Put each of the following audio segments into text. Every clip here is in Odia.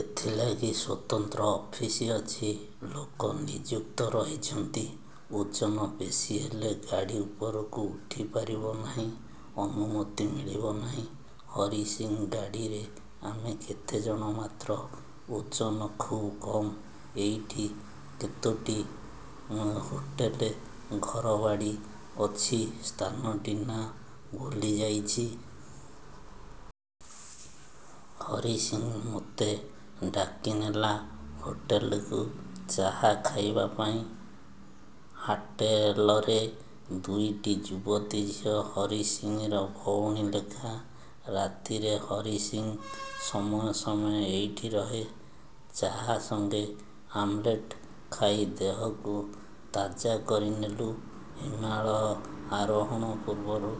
ଏଥିଲାଗି ସ୍ୱତନ୍ତ୍ର ଅଫିସ୍ ଅଛି–ଲୋକ ନିଯୁକ୍ତ ରହିଛନ୍ତି। ଓଜନ ବେଶୀ ହେଲେ ଗାଡ଼ି ଉପରକୁ ଉଠି ପାରିବ ନାହିଁ। ଅନୁମତି ମିଳିବ ନାହିଁ। ହରିସିଂ ଗାଡ଼ିରେ ଆମେ କେତେଜଣ ମାତ୍ର। ଓଜନ ଖୁବ୍ କମ୍। ଏଇଠି କତୋଟି ହୋଟେଲ, ଘରବାଡ଼ି ଅଛି। ସ୍ଥାନଟି ନା ଭୂଲିଯାଇଛି। ହରି ସିଂ ମତେ ଡାକିନେଲା ହୋଟେଲକୁ ଚାହା ଖାଇବା ପାଇଁ। ହାଟେଲରେ ଦୁଇଟି ଯୁବତୀ ଝିଅ ହରିସିଂର ଭଉଣୀ ଲେଖା। ରାତିରେ ହରିସିଂ ସମୟେ ସମୟେ ଏଇଠି ରହେ। ଚାହା ସଙ୍ଗେ ଆମଲେଟ ଖାଇ ଦେହକୁ ତାଜା କରିନେଲୁ ହିମାଳୟ ଆରୋହଣ ପୂର୍ବରୁ।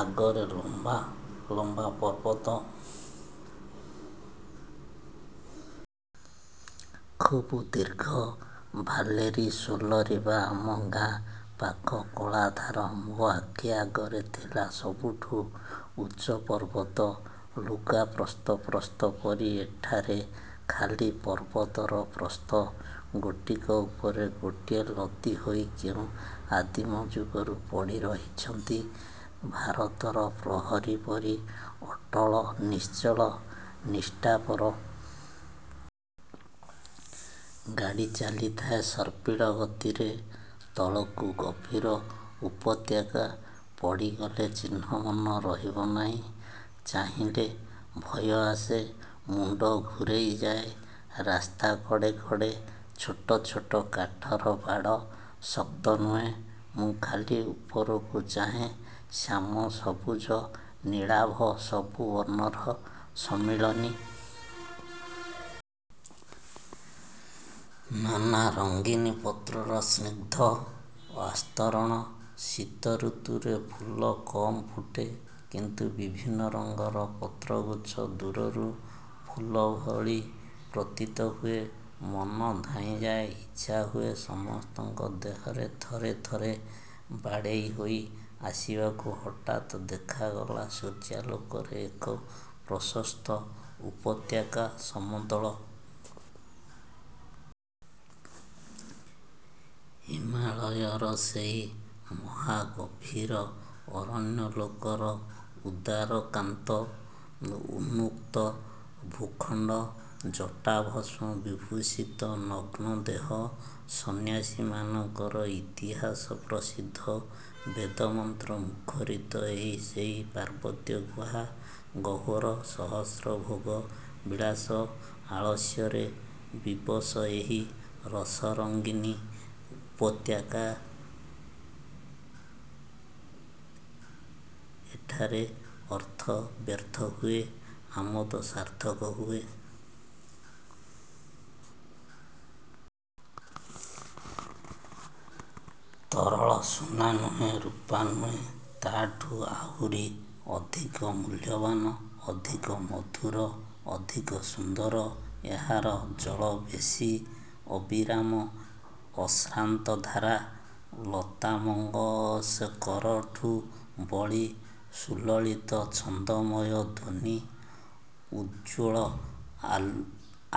ଆଗରେ ଲମ୍ବା ଲମ୍ବା ପର୍ବତ। ଖୁବ୍ ଦୀର୍ଘ–ଭାଲେରୀ ସୋଲରୀ ବା ଆମ ଗାଁ ପାଖ କଳାଧାର ମୋ ଆଖି ଆଗରେ ଥିଲା ସବୁଠୁ ଉଚ୍ଚ ପର୍ବତ। ଲୁଗା ପ୍ରସ୍ତ ପ୍ରସ୍ତ ପରି ଏଠାରେ ଖାଲି ପର୍ବତର ପ୍ରସ୍ତ। ଗୋଟିକ ଉପରେ ଗୋଟିଏ ଲଦି ହୋଇ କେଉଁ ଆଦିମ ଯୁଗରୁ ପଡ଼ି ରହିଛନ୍ତି ଭାରତର ପ୍ରହରୀ ପରି ଅଟଳ, ନିଶ୍ଚଳ, ନିଷ୍ଠାପର। ଗାଡ଼ି ଚାଲିଥାଏ ସର୍ପିଳ ଗତିରେ। ତଳକୁ ଗଭୀର ଉପତ୍ୟକା। ପଡ଼ିଗଲେ ଚିହ୍ନବର୍ଣ୍ଣ ରହିବ ନାହିଁ। ଚାହିଁଲେ ଭୟ ଆସେ। ମୁଣ୍ଡ ଘୂରେଇ ଯାଏ। ରାସ୍ତା କଡ଼େ କଡ଼େ ଛୋଟ ଛୋଟ କାଠର ବାଡ଼–ଶକ୍ତ ନୁହେଁ। ମୁଁ ଖାଲି ଉପରକୁ ଚାହେଁ। ଶ୍ୟାମ ସବୁଜ ନୀଳାଭ–ସବୁ ବର୍ଣ୍ଣର ସମ୍ମିଳନୀ। ନାନା ରଙ୍ଗୀନ ପତ୍ରର ସ୍ନିଗ୍ଧ ଆସ୍ତରଣ। ଶୀତ ଋତୁରେ ଫୁଲ କମ୍ ଫୁଟେ। କିନ୍ତୁ ବିଭିନ୍ନ ରଙ୍ଗର ପତ୍ରଗୁଚ୍ଛ ଦୂରରୁ ଫୁଲଭଳି ପ୍ରତୀତ ହୁଏ। ମନ ଧାଇଁଯାଏ, ଇଚ୍ଛାହୁଏ। ସମସ୍ତଙ୍କ ଦେହରେ ଥରେ ଥରେ ବାଡ଼େଇ ହୋଇ ଆସିବାକୁ। ହଠାତ୍ ଦେଖାଗଲା ସୂର୍ଯ୍ୟାଲୋକରେ ଏକ ପ୍ରଶସ୍ତ ଉପତ୍ୟକା–ସମତଳ। ହିମାଳୟର ସେଇ ମହାଗମ୍ଭୀର ଅରଣ୍ୟଲୋକର ଉଦାର କାନ୍ତ। ଉନ୍ମୁକ୍ତ ଭୂଖଣ୍ଡ। ଜଟାଭସ୍ମ ବିଭୂଷିତ ନଗ୍ନଦେହ, ସନ୍ୟାସୀମାନଙ୍କର ଇତିହାସ ପ୍ରସିଦ୍ଧ ବେଦମନ୍ତ୍ର ମୁଖରିତ ଏହି ସେହି ପାର୍ବତ୍ୟ ଗୁହା ଗହ୍ୱର। ସହସ୍ର ଭୋଗ ବିଳାସ, ଆଳସ୍ୟରେ ବିବଶ ଏହି ରସରଙ୍ଗୀନ୍ ଉପତ୍ୟତା। ଏଠାରେ ଅର୍ଥ ବ୍ୟର୍ଥ ହୁଏ–ଆମୋଦ ସାର୍ଥକ ହୁଏ। ତରଳ ସୁନା ନୁହେଁ–ରୂପା ନୁହେଁ, ତାଠୁ ଆହୁରି ଅଧିକ ମୂଳ୍ୟବାନ୍। ଅଧିକ ମଧୁର, ଅଧିକ ସୁନ୍ଦର ଏହାର ଜଳବେଶୀ। ଅବିରାମ ଅଶ୍ରାନ୍ତ ଧାରା। ଲତାମଙ୍ଗସେକରଠୁ ବଳି ସୁଲଳିତ ଛନ୍ଦମୟ ଧ୍ୱନି-। ଉଦ୍ବେଳ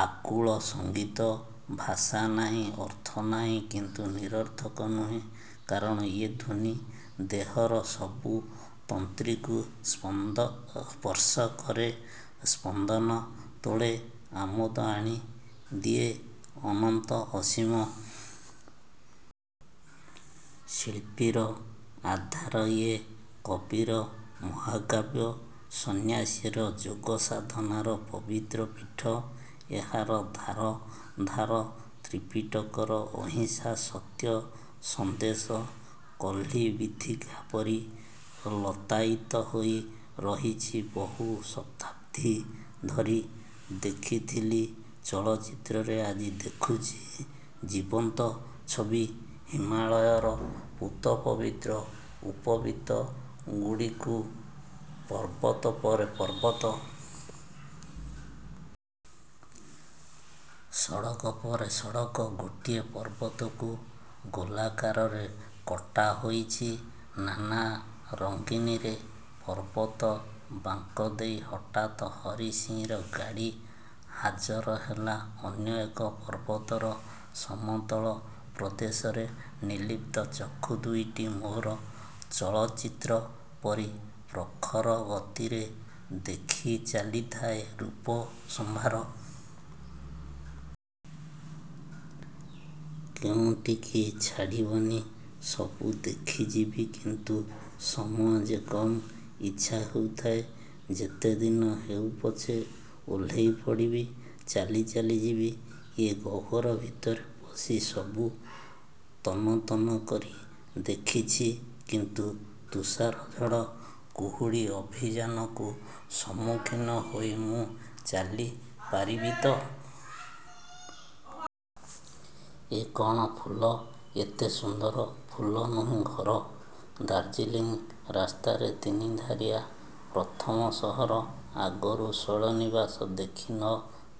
ଆକୁଳ ସଙ୍ଗୀତ–ଭାଷା ନାହିଁ, ଅର୍ଥ ନାହିଁ, କିନ୍ତୁ ନିରର୍ଥକ ନୁହେଁ; କାରଣ ଏ ଧ୍ୱନି ଦେହର ସବୁ ତନ୍ତ୍ରୀକୁ ସ୍ପର୍ଶକରେ, ସ୍ପନ୍ଦନ ତୋଳେ, ଆମୋଦ ଆଣିଦିଏ–ଅନନ୍ତ ଅସୀମ। ଶିଳ୍ପୀର ଆଧାର ଇଏ, କବିର ମହାକାବ୍ୟ–ସନ୍ନ୍ୟାସୀର ଯୋଗ ସାଧନାର ପବିତ୍ର ପୀଠ। ଏହାର ଧାର ଧାର ତ୍ରିପିଟକର ଅହିଂସା-ସତ୍ୟ ସନ୍ଦେଶ କଲ୍ଲୀବିଥିକା ପରି ଲତାୟିତ ହୋଇ ରହିଛି ବହୁ ଶତାବ୍ଦୀ ଧରି। ଦେଖିଥିଲି ଚଳଚିତ୍ରରେ ଆଜି ଦେଖୁଚି ଜୀବନ୍ତ ଛବି–ହିମାଳୟର ପୂତ ପବିତ୍ର ଉପବୀତଗୁଡ଼ିକୁ। ପର୍ବତ ପରେ ପର୍ବତ। ସଡ଼କ ପରେ ସଡ଼କ। ଗୋଟିଏ ପର୍ବତକୁ ଗୋଲାକାରରେ କଟା ହୋଇଛି ନାନାଭଙ୍ଗୀରେ। ପର୍ବତ ବାଙ୍କ ଦେଇ ହଠାତ୍ ହରିସିଂର ଗାଡ଼ି ହାଜର ହେଲା ଅନ୍ୟ ଏକ ପର୍ବତର ସମତଳ ପ୍ରଦେଶରେ। ନିର୍ଲିପ୍ତ ଚକ୍ଷୁ ଦୁଇଟି ମୋର ଚଳଚିତ୍ର ପରି ପ୍ରଖରଗତିରେ ଦେଖି ଚାଲିଥାଏ ରୂପ ସମ୍ଭାର। କେଉଁଟିକି ଛାଡ଼ିବନି–ସବୁ ଦେଖିଯିବି, କିନ୍ତୁ ସମୟ ଯେ କମ୍। ଇଚ୍ଛା ହେଉଥାଏ ଯେତେ ଦିନ ହେଉପଛେ ଓହ୍ଲେଇ ପଡ଼ିବି–ଚାଲି ଚାଲି ଯିବି–ଏ ଗହ୍ୱର ଭିତରେ ପଶି ସବୁ ତନ୍ନ ତନ୍ନ କରି ଦେଖିଛି। କିନ୍ତୁ ତୁଷାରଝଡ଼ କୁହୁଡ଼ି ଅଭିଯାନକୁ ସମ୍ମୁଖୀନ ହୋଇ ମୁଁ ଚାଲି ପାରିବି ତ? ଏ କ'ଣ? ଫୁଲ? ଏତେ ସୁନ୍ଦର! ଫୁଲ ନୁହେଁ–ଘର। ଦାର୍ଜିଲିଂ ରାସ୍ତାରେ ତିନିଧାରିଆ ପ୍ରଥମ ସହର। ଆଗରୁ ଶୈଳନିବାସ ଦେଖି ନ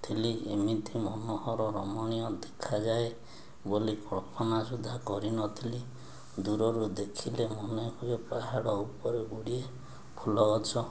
ଥିଲି। ଏମିତି ମନୋହର ରମଣୀୟ ଦେଖାଯାଏ ବୋଲି କଳ୍ପନା ସୁଦ୍ଧା କରି ନଥିଲି। ଦୂରରୁ ଦେଖିଲେ ମନେହୁଏ ପାହାଡ଼ ଉପରେ ଗୁଡ଼ିଏ ଫୁଲଗଛ।